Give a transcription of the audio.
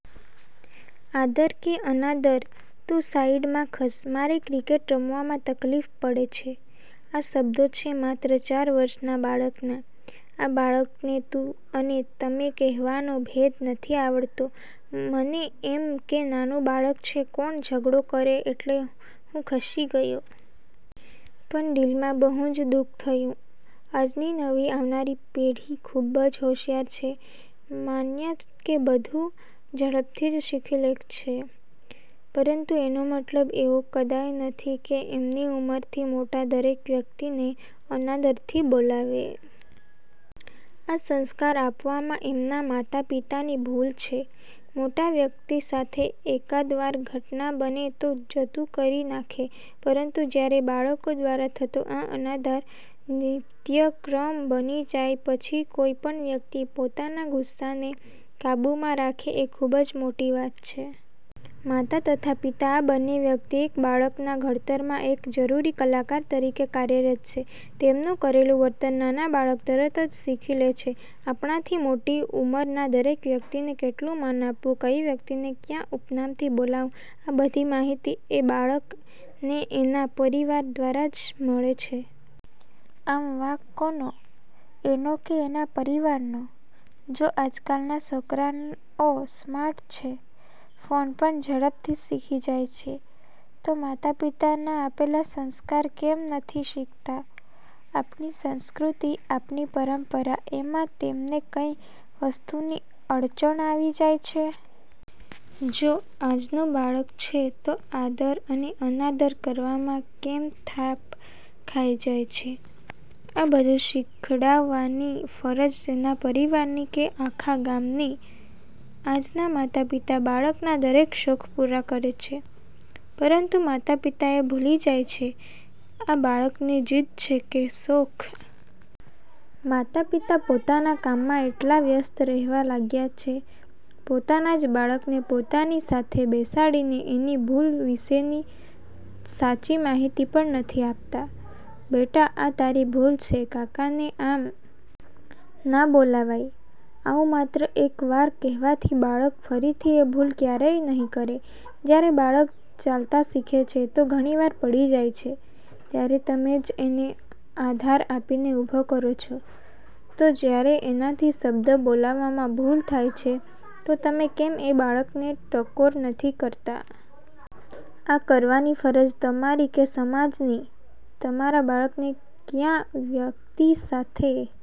આદર કે અનાદર? તું સાઈડ માં ખસ મારે ક્રિકેટ રમવામાં તકલીફ પડે છે આ શબ્દો છે માત્ર ચાર વર્ષ ના બાળક ના. આ બાળક ને તું અને તમે કહેવાનો ભેદ નથી આવડતો, મને એમ કે નાનું બાળક છે કોણ ઝઘડો કરે એટલે હું ખસી ગયો. પણ દિલ માં બહુ જ દુઃખ થયું, આજની નવી આવનારી પેઠી ખુબ જ હોશિયાર છે માન્યા કે, બધું ઝડપથી જ શીખી લે છે, પરંતુ એનો મતલબ એવો કદાય નથી કે એમની ઉમર થી મોટા દરેક વ્યક્તિ ને અનાદર થી બોલાવે? આ સંસ્કાર આપવામાં એમના માતા પિતા ની ભૂલ છે. મોટા વ્યકતિ સાથે એકાદ વાર ઘટના બને તો જતું કરી નાખે પરંતુ જયારે બાળકો દ્વારા થતો આ અનાદર નિત્યક્રમ બની જાય પછી કોઈ પણ વ્યક્તિ પોતાના ગુસ્સા ને કાબુ માં રાખે એ ખુબ જ મોટી વાત છે. માતા તથા પિતા આ બંને વ્યક્તિ એક બાળક ના ઘડતર માં એક જરૂરી કલાકાર તરીકે કાર્યરત છે. તેમનું કરેલું વર્તન નાના બાળક તરત જ શીખી લે છે, આપણા થી મોટી ઉમર ના દરેક વ્યક્તિને કેટલું માન આપવું કઈ વ્યક્તિ ને ક્યાં ઉપનામ થી બોલવું, આ બધી જ માહિતી એ બાળક ને એના પરિવાર દ્વારા જ મળે છે. આમ વાંક કોનો? એનો કે એના પરિવાર નો? જો આજકાલ ના છોકરા ઓ સ્માર્ટ છે? ફોન પણ ઝડપથી શીખી જાય છે તો માતા પિતાના આપેલા સંસ્કાર કેમ નથી શીખતાં? આપણી સંસ્કૃતિ, આપણી પરંપરા એમાં તેમને કઈ વસ્તુની અડચણ આવી જાય છે. જો આજ નું બાળક છે તો આદર અને અનાદર કરવામાં કેમ થાપ ખાઈ જાય છે. આ બધું શીખડાવાની ફરજ તેના પરિવાર ની કે આખા ગામ ની? આજ ના માતા પિતા બાળકના દરેક શોખ પૂરા કરે છે પરંતુ માતા પિતા એ ભૂલી જાય છે આ બાળક ની જીદ છે કે શોખ? માતા પિતા પોતાના કામ માં એટલા વ્યસ્ત રહેવા લાગ્યા છે પોતાના જ બાળક ને પોતાની સાથે બેસાડીને એની ભૂલ વિશેની સાચી માહિતી પણ નથી આપતા, "બેટા આ તારી ભૂલ છે કાકા ને આમ ના બોલાવાય" આવું માત્ર એક વાર કહેવાથી બાળક ફરીથી એ ભૂલ ક્યારેય નહિ કરે, જયારે બાળક ચાલતા શીખે છે તો ઘણી વાર પડી જાય છે, ત્યારે તમે જ એને આધાર આપીને ઉભો કરો છો, તો જયારે એનાથી શબ્દ બોલાવામાં ભૂલ થાય છે તો તમે કેમ એ બાળક ને ટકોર નથી કરતા? આ કરવાની ફરજ તમારી કે સમાજ ની? તમારા બાળકને ક્યાં વ્યક્તિ સાથે